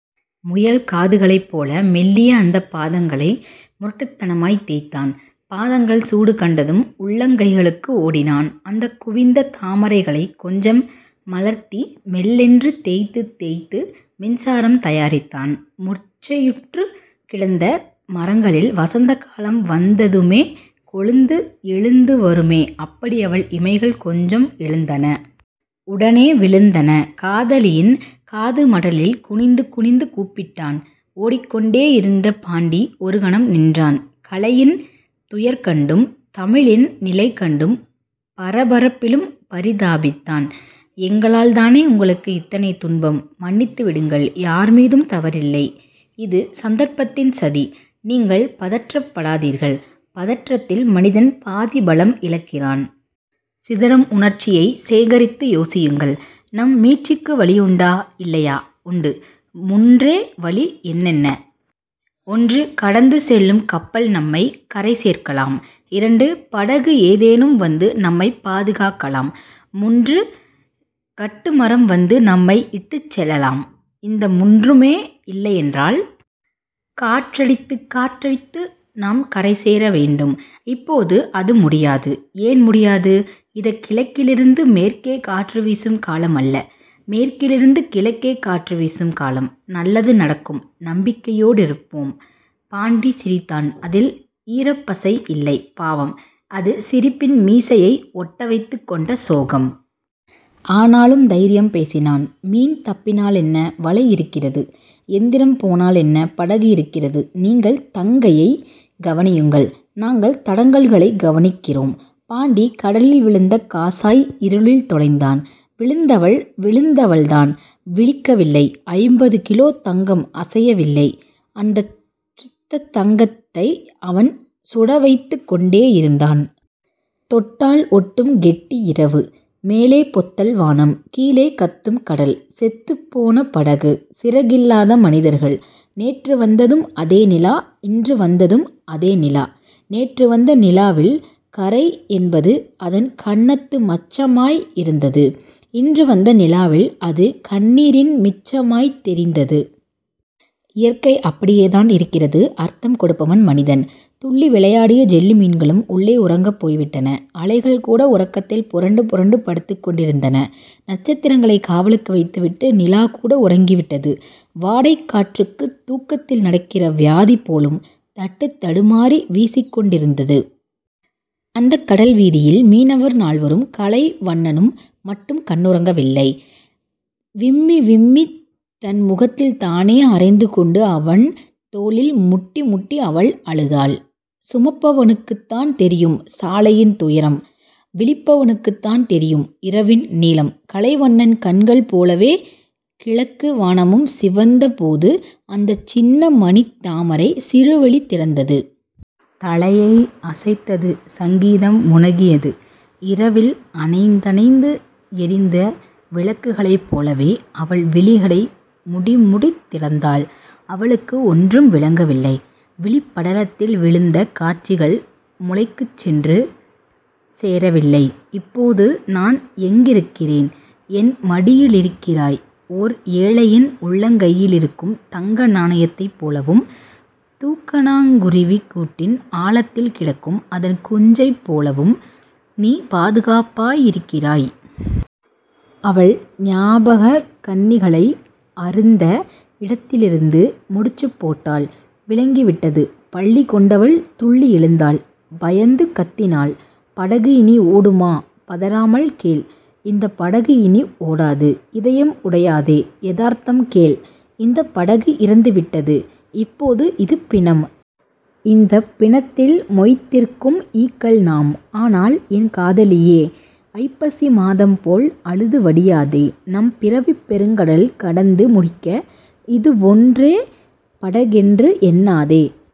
முயல்காதுகளைப் போல மெல்லிய அந்தப் பாதங்களை முரட்டுத்தனமாய்த் தேய்த்தான். பாதங்கள் சூடுகண்டதும் உள்ளங்கைகளுக்கு ஓடினான். அந்தக் குவிந்த தாமரைகளைக் கொஞ்சம் மலர்த்தி மெல்லென்று தேய்த்துத் தேய்த்து மின்சாரம் தயாரித்தான். முர்ச்சையுற்றுக் கிடந்த மரங்களில் வசந்தகாலம் வந்ததுமே கொழுந்து எழுந்துவருமே அப்படி அவள் இமைகள் கொஞ்சம் எழுந்தன. உடனே விழுந்தன. காதலியின் காதுமடலில் குனிந்து குனிந்து கூப்பிட்டான். ஓடிக்கொண்டேயிருந்த பாண்டி ஒருகணம் நின்றான். கலையின் துயர் கண்டும் தமிழின் நிலைகண்டும் பரபரப்பிலும் பரிதாபித்தான். எங்களால்தானே உங்களுக்கு இத்தனை துன்பம்? மன்னித்து விடுங்கள். யார் மீதும் தவறில்லை. இது சந்தர்ப்பத்தின் சதி. நீங்கள் பதற்றப்படாதீர்கள். பதற்றத்தில் மனிதன் பாதிபலம் இழக்கிறான். சிதறும் உணர்ச்சியைச் சேகரித்து யோசியுங்கள். நம் மீட்சிக்கு வழியுண்டா இல்லையா? உண்டு. முன்றே வழி... என்னென்ன? ஒன்று. கடந்து செல்லும் கப்பல் நம்மைக் கரை சேர்க்கலாம். இரண்டு. படகு ஏதேனும் வந்து நம்மைப் பாதுகாக்கலாம். முன்று. கட்டுமரம் வந்து நம்மை இட்டுச் செல்லலாம். இந்த முன்றுமே இல்லையென்றால்..? காற்றடித்துக் காற்றடித்து நாம் கரைசேர வேண்டும். இப்போது அது முடியாது. ஏன் முடியாது? இது கிழக்கிலிருந்து மேற்கே காற்றுவீசும் காலமல்ல. மேற்கிலிருந்து கிழக்கே காற்றுவீசும் காலம். நல்லது நடக்கும். நம்பிக்கையோடிருப்போம். பாண்டி சிரித்தான். அதில் ஈரப்பசை இல்லை. பாவம். அது சிரிப்பின் மீசையை ஒட்டவைத்துக் கொண்ட சோகம். ஆனாலும் தைரியம் பேசினான். மீன் தப்பினாலென்ன? வலை இருக்கிறது. எந்திரம் போனாலென்ன? படகு இருக்கிறது. நீங்கள் தங்கையைக் கவனியுங்கள். நாங்கள் தடங்கல்களைக் கவனிக்கிறோம். பாண்டி கடலில் விழுந்த காசாய் இருளில் தொலைந்தான். விழுந்தவள் விழுந்தவள்தான். விழிக்கவில்லை. ஐம்பது கிலோ தங்கம் அசையவில்லை. அந்தச் சுத்தத் தங்கத்தை அவன் சுடவைத்துக் கொண்டேயிருந்தான். தொட்டால் ஒட்டும் கெட்டி இரவு. மேலே பொத்தல் வானம். கீழே கத்தும் கடல். செத்துப் போன படகு. சிறகில்லாத மனிதர்கள். நேற்று வந்ததும் அதே நிலா. இன்று வந்ததும் அதே நிலா. நேற்று வந்த நிலாவில் கறை என்பது அதன் கன்னத்து மச்சமாய் இருந்தது. இன்று வந்த நிலாவில் அது கண்ணீரின் மிச்சமாய்த் தெரிந்தது. இயற்கை அப்படியேதான் இருக்கிறது. அர்த்தம் கொடுப்பவன் மனிதன். துள்ளி விளையாடிய ஜெல்லி மீன்களும் உள்ளே உறங்கப் போய்விட்டன. அலைகள்கூட உறக்கத்தில் புரண்டு புரண்டு படுத்துக் கொண்டிருந்தன. நட்சத்திரங்களைக் காவலுக்கு வைத்துவிட்டு நிலாகூட உறங்கிவிட்டது. வாடைக் காற்றுக்குத் தூக்கத்தில் நடக்கிற வியாதி போலும். தட்டுத் தடுமாறி வீசிக்கொண்டிருந்தது. அந்தக் கடல்வீதியில் மீனவர் நால்வரும் கலைவண்ணனும் மட்டும் கண்ணுறங்கவில்லை. விம்மிவிம்மித் தன் முகத்தில் தானே அறைந்துகொண்டு, அவன் தோளில் முட்டிமுட்டி அவள் அழுதாள். சுமப்பவனுக்குத்தான் தெரியும் சாலையின் தூரம். விழிப்பவனுக்குத்தான் தெரியும் இரவின் நீளம். கலைவண்ணன் கண்கள் போலவே கிழக்கு வானமும் சிவந்தபோது அந்தச் சின்னமணித்தாமரை சிறுவிழி திறந்தது. தலையை அசைத்தது. சங்கீதம் முனகியது. இரவில் அணைந்தணைந்து எரிந்த விளக்குகளைப் போலவே அவள் விழிகளை முடிமுடித் திறந்தாள். அவளுக்கு ஒன்றும் விளங்கவில்லை. விழிப்படலத்தில் விழுந்த காட்சிகள் முளைக்குச் சென்று சேரவில்லை. இப்போது நான் எங்கிருக்கிறேன்? என் மடியிலிருக்கிறாய். ஓர் ஏழையின் உள்ளங்கையிலிருக்கும் தங்க நாணயத்தைப் போலவும் தூக்கணாங்குருவிக் கூட்டின் ஆழத்தில் கிடக்கும் அதன் குஞ்சைப் போலவும் நீ பாதுகாப்பாயிருக்கிறாய். அவள் ஞாபகக் கண்ணிகளை அறுந்த இடத்திலிருந்து முடிச்சுப் போட்டாள். விளங்கிவிட்டது. பள்ளி கொண்டவள் துள்ளி எழுந்தாள். பயந்து கத்தினாள். படகு இனி ஓடுமா? பதறாமல் கேள். இந்தப் படகு இனி ஓடாது. இதயம் உடையாதே. எதார்த்தம் கேள். இந்தப் படகு இறந்துவிட்டது. இப்போது இது பிணம். இந்தப் பிணத்தில் மொய்த்திருக்கும் ஈக்கள் நாம். ஆனால், என் காதலியே. ஐப்பசி மாதம்போல் அழுது வடியாதே. நம் பிறவிப் பெருங்கடல் கடந்து முடிக்க இதுவொன்றே படகென்று எண்ணாதே.